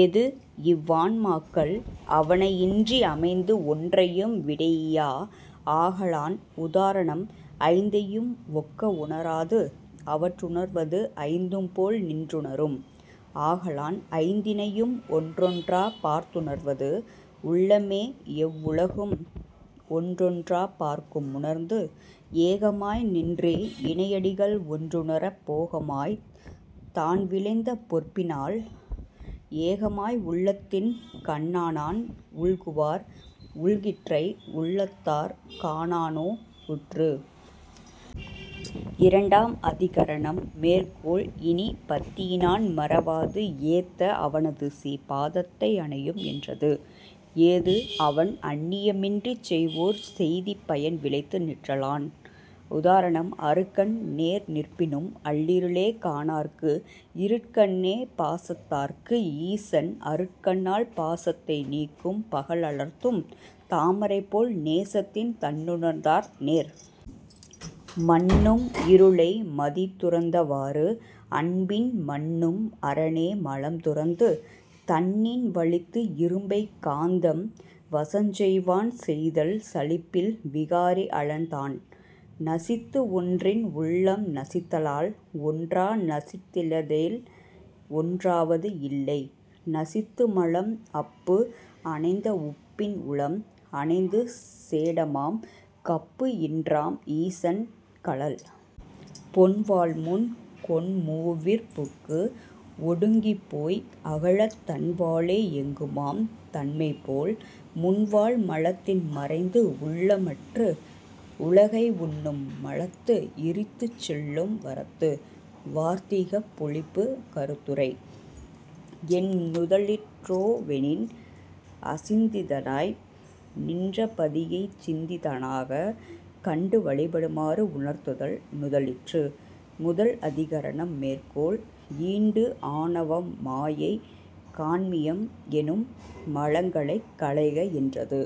ஏது இவ்வான்மாக்கள் அவனையின்றி அமைந்து ஒன்றையும் விடயியா ஆகலான் உதாரணம் ஐந்தையும் ஒக்க உணராது அவற்றுணர்வது ஐந்தும்போல் நின்றுணரும் ஆகலான் ஐந்தினையும் ஒன்றொன்றாப் பார்த்துணர்வது உள்ளமே எவ்வுலகும் ஒன்றொன்றாப் பார்க்கும் உணர்ந்து. ஏகமாய் நின்றே இணையடிகள் ஒன்றுணரப் போகமாய்த் தான் விளைந்த பொற்பினால் ஏகமாய் உள்ளத்தின் கண்ணானான் உள்குவார் உள்கிற்றை உள்ளத்தாற் காணானோ உற்று. இரண்டாம் அதிகரணம் மேற்கோள் இனிப் பத்தியினான் மறவாது ஏத்த அவனது சீபாதத்தை அணையும் என்றது. ஏது அவன் அன்னியமின்றிச் செய்வோர் செய்திப்பயன் விளைத்து நிற்றலான். உதாரணம் அருக்கன் நேர் நிற்பினும் அல்லிருளே காணார்க்கு இருட்கண்ணே பாசத்தார்க்கு ஈசன் அருட்கண்ணால் பாசத்தை நீக்கும் பகல் அலர்த்தும் தாமரைபோல் நேசத்தின் தன்னுணுர்ந்தார் நேர். மன்னும் இருளை மதிதுரந்த வாறு அன்பின் மன்னும் அரனே மலம் துரந்து தன்னின் வலித்து இரும்பைக் காந்தம் வசஞ்செய்வான் செய்தல் சலிப்பில் விகாரி அலன் தான். நசித்து ஒன்றின் உள்ளம் நசித்தலால் ஒன்றா நசித்திலதேல் ஒன்றாவது இல்லை நசித்துமலம் அப்பு அணைந்த உப்பின் உளம் அணைந்து சேடமாம் கப்பு இன்றாம் ஈசன் கழல். பொன்வாள்முன் கொண்மூவிற் புக்கு ஒடுங்கிப்போய் அகலத் தன்வாளே எங்குமாம் தன்மைபோல் முன்வாள் மலத்தின் மறைந்து உள்ளம் மற்று உலகை உண்ணும் மலத்து இரித்துச் செல்லும் வரத்து. வார்த்திகப் பொழிப்பு கருத்துரை: என் நுதலிற்றோ வெனின், அசிந்திதனாய் நின்ற பதியைச் சிந்திதனாகக் கண்டு வழிபடுமாறுஉணர்த்துதல் நுதலிற்று. முதல் அதிகரணம் மேற்கோள் ஈண்டு ஆணவம் மாயை கான்மியம் எனும் மலங்களைக் களைக என்றது.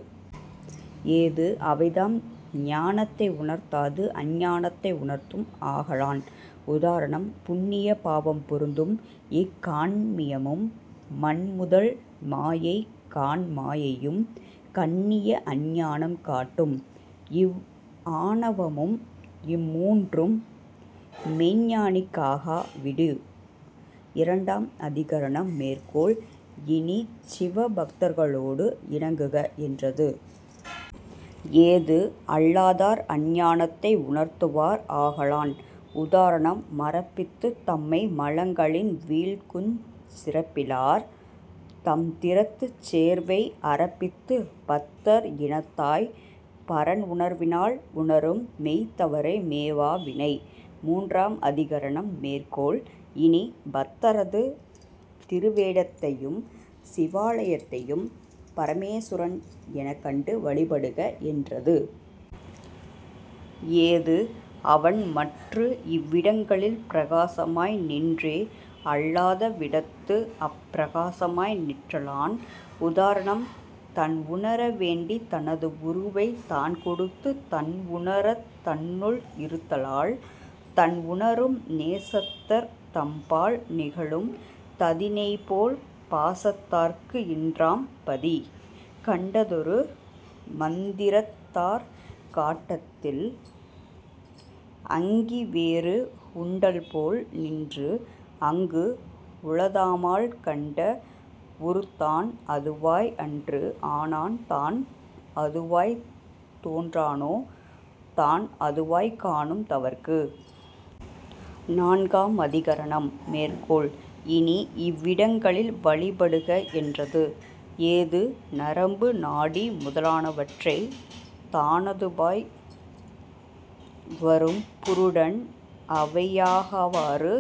ஏது அவைதாம் ஞானத்தை உணர்த்தாது அஞ்ஞானத்தை உணர்த்தும் ஆகலான். உதாரணம்: புண்ணிய பாவம் பொருந்தும் இக் கான்மியமும் மண்முதல் மாயைகாண் மாயையும் கண்ணிய அஞ்ஞானம் காட்டும் இவ் ஆணவமும் இம் மூன்றும் மெய்ஞ்ஞானிக் காகா விடு. இரண்டாம் அதிகரணம் மேற்கோள் இனிச் சிவபத்தர்களோடு இணங்குக என்றது. ஏது அல்லாதார் அஞ்ஞானத்தை உணர்த்துவார் ஆகலான். உதாரணம் மறப்பித்துத் தம்மை மலங்களின் வீழ்க்குஞ் சிறப்பிலார் தம்திறத்துச் சேர்வை அறப்பித்துப் பத்தர் இனத்தாய்ப் பரன் உணர்வினால் உணரும் மெய்த்தவரை மேவா வினை. மூன்றாம் அதிகரணம் மேற்கோள் இனிப் பத்தரது திருவேடத்தையும் சிவாலயத்தையும் பரமேசுரன் எனக் கண்டு வழிபடுக என்றது. ஏது அவன் மற்று இவ்விடங்களில் பிரகாசமாய் நின்றே அல்லாத விடத்து அப்பிரகாசமாய் நிற்றலான். உதாரணம் தன்உணர வேண்டித் தனது உருவைத் தான்கொடுத்து தன் உணரத் தன்னுள் இருத்தலால் தன் உணரும் நேசத்தர் தம்பால் நிகழும் ததிநெய்போல் பாசத்தார்க்கு இன்றாம் பதி. கண்டதொரு மந்திரத்தாற் காட்டத்தில் அங்கிவேறு உண்டல்போல் நின்று அங்கு உளதாமால் கண்ட உருத் தான் அதுவாய் அன்று ஆனான் தான் அதுவாய்த் தோன்றானோ தான் அதுவாய்க் காணும் தவர்க்கு. நான்காம் அதிகரணம் மேற்கோள் இனி இவ்விடங்களில் வழிபடுக என்றது. ஏது நரம்பு நாடி முதலானவற்றைத் தானதுவாய் வரும் புருடன் அவையாகாவாறு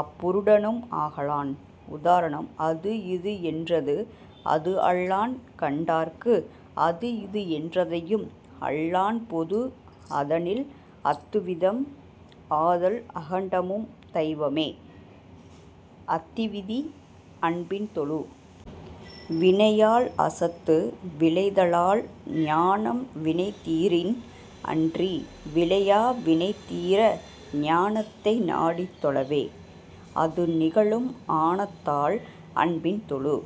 அப்புருடனும் ஆகலான். உதாரணம் அது இது என்றது அதுஅல்லான் கண்டார்க்கு அது இது என்றதையும் அல்லான் பொது அதனில் அத்துவிதம் ஆதல் அகண்டமும் தைவமே அத்திவிதி அன்பின் தொழு. வினையால் அசத்து விளைதலால் ஞானம் வினைதீரின் அன்றி விளையா வினைதீர ஞானத்தை நாடித் தொழவே அதுநிகழும் ஆனத்தால் அன்பின் தொழு.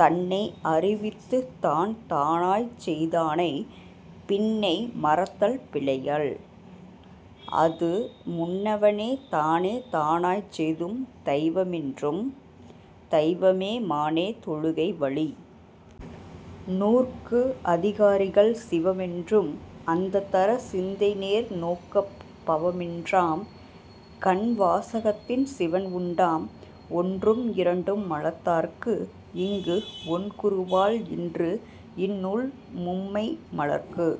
தன்னை அறிவித்துத் தான் தானாய்ச் செய்தானைப் பின்னை மறத்தல் பிழையல் அது முன்னவனே தானே தானாச் செய்தும் தைவமென்றும் தைவமே மானே தொழுகை வலி. நூற்கு அதிகாரிகள் சிவமென்றும் அந்ததர சிந்தைநேர் நோக்கப் பவமின்றாம் கண் வாசகத்தின் சிவன் உண்டாம் ஒன்றும் இரண்டும் மலத்தார்க்கு இங்கு ஒண்குருவால் இன்று இந்நூல் மும்மை மலர்க்கு